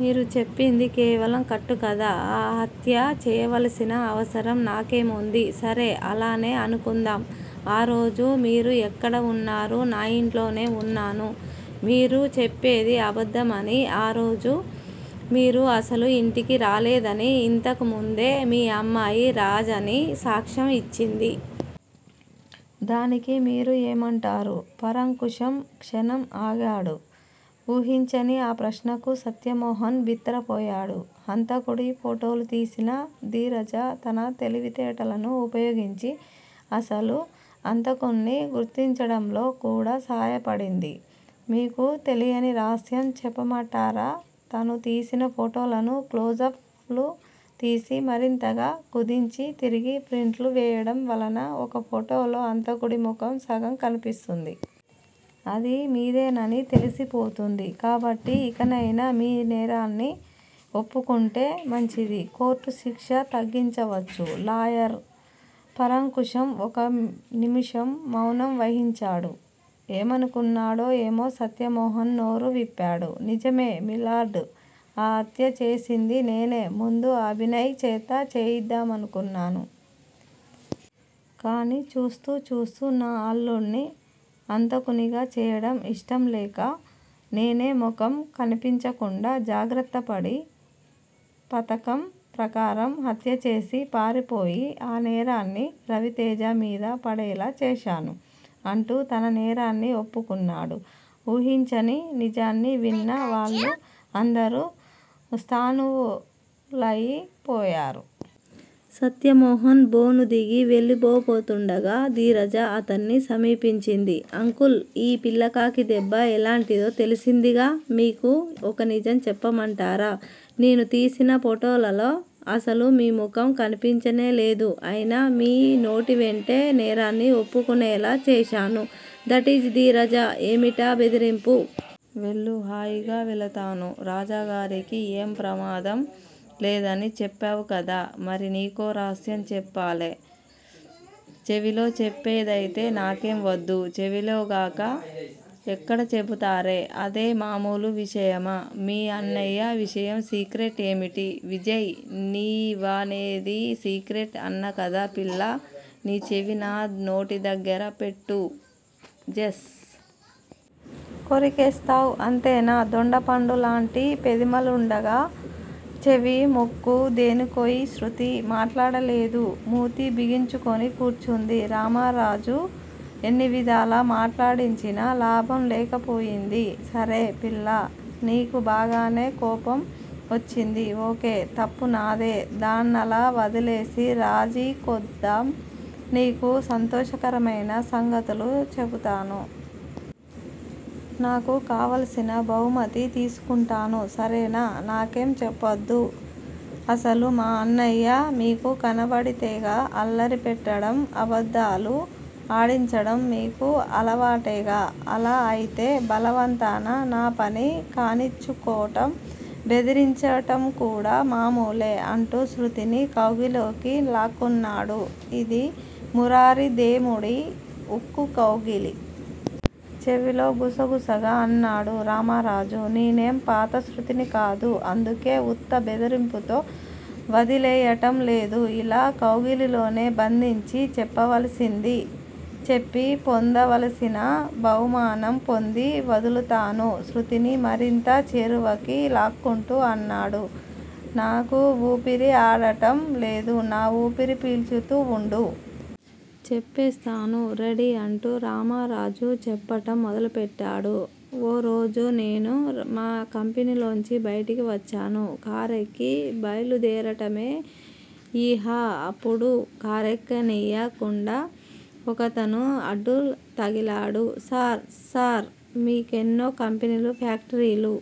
మీరు చెప్పింది కేవలం కట్టుకథ ఆ హత్య చేయవలసిన అవసరం నాకేముంది? సరే, అలానే అనుకుందాం ఆ రోజు మీరు ఎక్కడ ఉన్నారు? నా ఇంట్లోనే వున్నాను మీరు చెప్పేది అబద్దమని, ఆ రోజు మీరు అసలు ఇంటికి రాలేదని ఇంతకుముందే మీ అమ్మాయి రజని సాక్ష్యం ఇచ్చింది. దానికి మీరు ఏమంటారు? పరాంకుశం క్షణం ఆగాడు. ఊహించని ఆ ప్రశ్నకు సత్యమోహన్ బిత్తరపోయాడు. హంతుకుడి ఫోటోలు తీసిన ధీరజ తన తెలివితేటలను ఉపయోగించి అసలు హంతకుడ్ని గుర్తించడంలో కూడా సహయాపడింది. మీకు తెలియని రహస్యం చెప్పమటారా. తను తీసిన ఫోటోలను క్లోజప్ లు తీసి మరింతగా కుదించి తిరిగి ప్రింట్లు వేయడం వలన ఒక ఫోటోలో హంతకుడి ముఖం సగం కనిపిస్తుంది. అది మీదేనని తెలిసి పోతుంది కాబట్టి ఇకనయినా మీ నేరాన్ని ఒప్పుకుంటే మంచిది కోర్టు శిక్ష తగ్గించవచ్చు లాయర్ పరాంకుశం ఒక నిముషం మౌనం వహించాడు. ఏమనుకున్నాడో ఏమో సత్యమోహన్ నోరు విప్పాడు. నిజమే మిలార్డ్ ఆ హత్య చేసింది నేనే ముందు అభినయ్ చేత చేయిద్దామనుకున్నాను. కానీ చూస్తూ చూస్తూ నా అల్లుడ్ని హంతకునిగా చేయడం ఇష్టం లేక నేనే ముఖం కనిపించకుండా జాగ్రత్తపడి పధకం ప్రకారం హత్య చేసి పారిపోయి ఆ నేరాన్ని రవితేజ మీద పడేలా చేశాను అంటూ తన నేరాన్ని ఒప్పుకున్నాడు. ఊహించని నిజాన్ని విన్న వాళ్ళు అందరూ స్థాణువులయి పోయారు. సత్యమోహన్ బోను దిగి వెళ్ళిపోబోతుండగా ధీరజ అతన్ని సమీపించింది. అంకుల్ ఈ పిల్లకాకి దెబ్బ ఎలాంటిదో తెలిసిందిగా మీకు ఒక నిజం చెప్పమంటారా? నేను తీసిన ఫోటోలలో అసలు మీ ముఖం కనిపించనేలేదు. ఐనా మీ నోటివెంటే నేరాన్ని ఒప్పుకునేలా చేశాను దటీజ్ ధీరజ। ఏమిటా బెదిరింపు? వెళ్ళు. హాయిగా వేళతాను. రాజాగారికి ఏం ప్రమాదం లేదని చెప్పావుకదా! మరీ నీకో రహస్యం చెప్పాలే. చెవిలో చెప్పేదయితే నాకేం వద్దు. చెవిలోగాక ఎక్కడ చెపుతారే? అదే మామూలు విషయమా, మీ అన్నయ్య విషయం సీక్రెట్ ఏమిటీ విజయ్ నీవనేది? సీక్రెట్ అన్నాకదా పిల్లా! నీ చెవి నా నోటిదగ్గర పెట్టు, జస్. కొరికేస్తావ్ అంతేనా? దొండపండులాంటి పెదిమలుండగా చెవి, ముక్కు దేనికోయ్ శృతి మాట్లాడలేదు. మూతి బిగించుకుని కూర్చుంది. రామరాజు ఎన్నివిధాల మాట్లాడించినా లాభం లేక పోయింది. సరే పిల్లా! నీకు బాగానే కోపం వచ్చింది. ఓకే. తప్పు నాదే. దాన్నలా వదిలేసి రాజీకొద్దాం. నీకు సంతోషకరమైన సంగతులు చెపుతాను. నాకు కావాల్సిన బహుమతి తీసుకుంటాను సరేనా! నాకేం చెప్పద్దు, అసలు మా అన్నయ్య మీకు కనపడితేగా, అల్లరి పెట్టడం, అబద్దాలు ఆడించటం మీకు అలవాటేగా! అలా అయితే బలవంతాన నా పని కానిచ్చుకోటం, బెదిరించటంకూడా మామూలే. అంటూ శృతిని కౌగిలిలోకి లాక్కున్నాడు. ఇది మురారిదేముడి ఉక్కుకౌగిలి. చెవిలో గుసగుసగా అన్నాడు రామరాజు. నేనేం పాత శృతిని కాదు. అందుకే ఉత్త బెదిరింపుతో వదిలెయ్యటంలేదు. ఇలా కౌగిలిలోనే బంధించి చెప్పవలసింది చెప్పి పొందవలసిన బహుమానం పోంది వదులుతాను శృతిని మరింత చేరువకి లాక్కుంటూ అన్నాడు. నాకు వూపిరి ఆడటం లేదు. నా వూపిరి పీల్చుతూ వుండు. చెప్పేస్తాను. రెడీ. అంటూ రామరాజు చెప్పటం మొదలుపెట్టాడు. ఓ రోజు నేను మా కంపెనీలోంచి బైటికి వచ్చాను. కారెక్కి బైలుదేరటమే యిహ, అప్పుడు కారెక్కనీయ కుండా ఒకతను అడ్డు తగిలాడు. సార్, సార్ మీ కెన్నో కంపెనీలు, ఫ్యాక్టరీలు